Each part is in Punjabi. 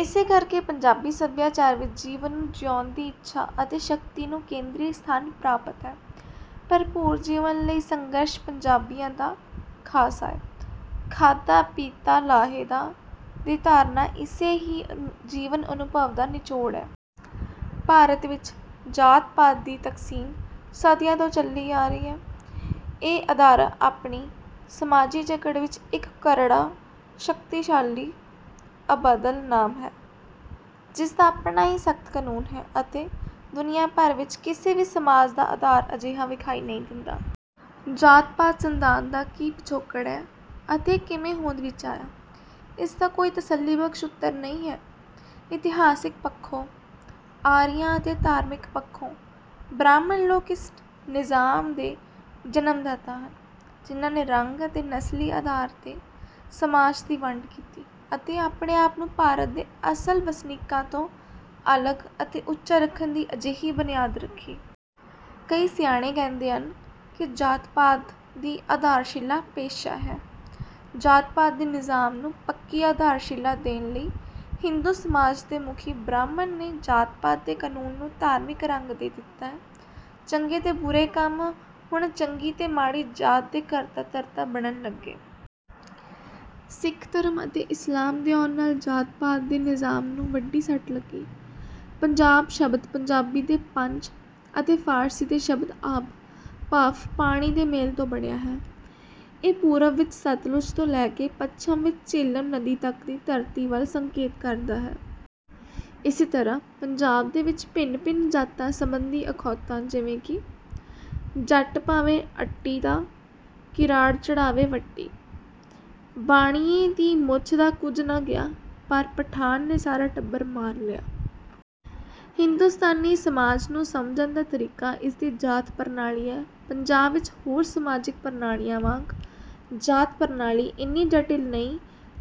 ਇਸੇ ਕਰਕੇ ਪੰਜਾਬੀ ਸੱਭਿਆਚਾਰ ਵਿੱਚ ਜੀਵਨ ਨੂੰ ਜਿਊਣ ਦੀ ਇੱਛਾ ਅਤੇ ਸ਼ਕਤੀ ਨੂੰ ਕੇਂਦਰੀ ਸਥਾਨ ਪ੍ਰਾਪਤ ਹੈ। ਭਰਪੂਰ ਜੀਵਨ ਲਈ ਸੰਘਰਸ਼ ਪੰਜਾਬੀਆਂ ਦਾ ਖ਼ਾਸਾ ਹੈ। 'ਖਾਧਾ ਪੀਤਾ ਲਾਹੇ ਦਾ' ਦੀ ਧਾਰਨਾ ਇਸੇ ਹੀ ਜੀਵਨ-ਅਨੁਭਵ ਦਾ ਨਿਚੋੜ ਹੈ। ਭਾਰਤ ਵਿੱਚ ਜਾਤ-ਪਾਤ ਦੀ ਤਕਸੀਮ ਸਦੀਆਂ ਤੋਂ ਚੱਲੀ ਆ ਰਹੀ ਹੈ। ਇਹ ਅਦਾਰਾ ਆਪਣੀ ਸਮਾਜੀ ਜਕੜ ਵਿੱਚ ਇੱਕ ਕਰੜਾ, ਸ਼ਕਤੀਸ਼ਾਲੀ, ਅਬਦਲ ਨਾਮ ਹੈ, ਜਿਸਦਾ ਆਪਣਾ ਹੀ ਸਖ਼ਤ ਕਾਨੂੰਨ ਹੈ ਅਤੇ ਦੁਨੀਆ ਭਰ ਵਿੱਚ ਕਿਸੇ ਵੀ ਸਮਾਜ ਦਾ ਆਧਾਰ ਅਜਿਹਾ ਵਿਖਾਈ ਨਹੀਂ ਦਿੰਦਾ। ਜਾਤ-ਪਾਤ ਸਿਧਾਂਤ ਦਾ ਕੀ ਪਿਛੋਕੜ ਹੈ ਅਤੇ ਕਿਵੇਂ ਹੋਂਦ ਵਿੱਚ ਆਇਆ, ਇਸਦਾ ਕੋਈ ਤਸੱਲੀਬਖਸ਼ ਉੱਤਰ ਨਹੀਂ ਹੈ। ਇਤਿਹਾਸਕ ਪੱਖੋਂ ਆਰੀਆ ਅਤੇ ਧਾਰਮਿਕ ਪੱਖੋਂ ਬ੍ਰਾਹਮਣ ਲੋਕ ਇਸ ਨਿਜ਼ਾਮ ਦੇ ਜਨਮਦਾਤਾ ਹਨ, ਜਿਨ੍ਹਾਂ ਨੇ ਰੰਗ ਅਤੇ ਨਸਲੀ ਆਧਾਰ 'ਤੇ ਸਮਾਜ ਦੀ ਵੰਡ ਕੀਤੀ ਅਤੇ ਆਪਣੇ ਆਪ ਨੂੰ ਭਾਰਤ ਦੇ ਅਸਲ ਵਸਨੀਕਾਂ ਤੋਂ ਅਲੱਗ ਅਤੇ ਉੱਚਾ ਰੱਖਣ ਦੀ ਅਜਿਹੀ ਬੁਨਿਆਦ ਰੱਖੀ। ਕਈ ਸਿਆਣੇ ਕਹਿੰਦੇ ਹਨ ਕਿ ਜਾਤ-ਪਾਤ ਦੀ ਆਧਾਰਸ਼ਿਲਾ ਪੇਸ਼ਾ ਹੈ। ਜਾਤ-ਪਾਤ ਦੇ ਨਿਜ਼ਾਮ ਨੂੰ ਪੱਕੀ ਆਧਾਰਸ਼ਿਲਾ ਦੇਣ ਲਈ ਹਿੰਦੂ ਸਮਾਜ ਦੇ ਮੁਖੀ ਬ੍ਰਾਹਮਣ ਨੇ ਜਾਤ-ਪਾਤ ਦੇ ਕਾਨੂੰਨ ਨੂੰ ਧਾਰਮਿਕ ਰੰਗ ਦੇ ਦਿੱਤਾ। ਚੰਗੇ ਤੇ ਬੁਰੇ ਕੰਮ ਹੁਣ ਚੰਗੀ ਤੇ ਮਾੜੀ ਜਾਤ ਦੇ ਕਰਤਾ-ਧਰਤਾ ਬਣਨ ਲੱਗੇ। ਸਿੱਖ ਧਰਮ ਅਤੇ ਇਸਲਾਮ ਦੇ ਆਉਣ ਨਾਲ ਜਾਤ-ਪਾਤ ਦੇ ਨਿਜ਼ਾਮ ਨੂੰ ਵੱਡੀ ਸੱਟ ਲੱਗੀ। ਪੰਜਾਬ ਸ਼ਬਦ ਪੰਜਾਬੀ ਦੇ 'ਪੰਜ' ਅਤੇ ਫਾਰਸੀ ਦੇ ਸ਼ਬਦ 'ਆਬ' ਭਾਵ ਪਾਣੀ ਦੇ ਮੇਲ ਤੋਂ ਬਣਿਆ ਹੈ। ਇਹ ਪੂਰਬ ਵਿੱਚ ਸਤਲੁਜ ਤੋਂ ਲੈ ਕੇ ਪੱਛਮ ਵਿੱਚ ਝੇਲਮ ਨਦੀ ਤੱਕ ਦੀ ਧਰਤੀ ਵੱਲ ਸੰਕੇਤ ਕਰਦਾ ਹੈ। ਇਸੇ ਤਰ੍ਹਾਂ ਪੰਜਾਬ ਦੇ ਵਿੱਚ ਭਿੰਨ-ਭਿੰਨ ਜਾਤਾਂ ਸੰਬੰਧੀ ਅਖੌਤਾਂ ਹਨ। ਜਿਵੇਂ ਕਿ: "ਜੱਟ ਭਾਵੇਂ ਅੱਟੀ ਤਾਂ ਕਿਰਾੜ ਚੜ੍ਹਾਵੇ ਵੱਟੀ। ਬਾਣੀਏ ਦੀ ਮੁੱਛ ਦਾ ਕੁਝ ਨਾ ਗਿਆ, ਪਰ ਪਠਾਨ ਨੇ ਸਾਰਾ ਟੱਬਰ ਮਾਰ ਲਿਆ।" ਹਿੰਦੁਸਤਾਨੀ ਸਮਾਜ ਨੂੰ ਸਮਝਣ ਦਾ ਤਰੀਕਾ ਇਸਦੀ ਜਾਤ-ਪ੍ਰਣਾਲੀ ਹੈ। ਪੰਜਾਬ ਵਿੱਚ ਹੋਰ ਸਮਾਜਿਕ ਪ੍ਰਣਾਲੀਆਂ ਵਾਂਗ ਜਾਤ-ਪ੍ਰਣਾਲੀ ਇੰਨੀ ਜਟਿਲ ਨਹੀਂ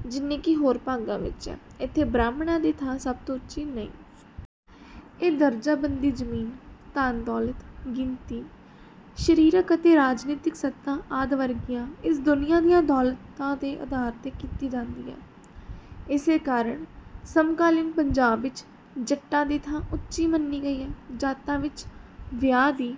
ਜਿੰਨੀ ਕਿ ਹੋਰ ਭਾਗਾਂ ਵਿੱਚ ਹੈ। ਇੱਥੇ ਬ੍ਰਾਹਮਣਾਂ ਦੀ ਥਾਂ ਸਭ ਤੋਂ ਉੱਚੀ ਨਹੀਂ। ਇਹ ਦਰਜਾਬੰਦੀ ਜ਼ਮੀਨ, ਧਨ-ਦੌਲਤ, ਗਿਣਤੀ, ਸਰੀਰਕ ਅਤੇ ਰਾਜਨੀਤਕ ਸੱਤਾ ਆਦਿ ਵਰਗੀਆਂ ਇਸ ਦੁਨੀਆ ਦੀਆਂ ਦੌਲਤਾਂ ਦੇ ਆਧਾਰ 'ਤੇ ਕੀਤੀ ਜਾਂਦੀ ਹੈ। ਇਸੇ ਕਾਰਨ ਸਮਕਾਲੀਨ ਪੰਜਾਬ ਵਿੱਚ ਜੱਟਾਂ ਦੀ ਥਾਂ ਉੱਚੀ ਮੰਨੀ ਗਈ ਹੈ। ਜਾਤਾਂ ਵਿੱਚ ਵਿਆਹ ਦੀ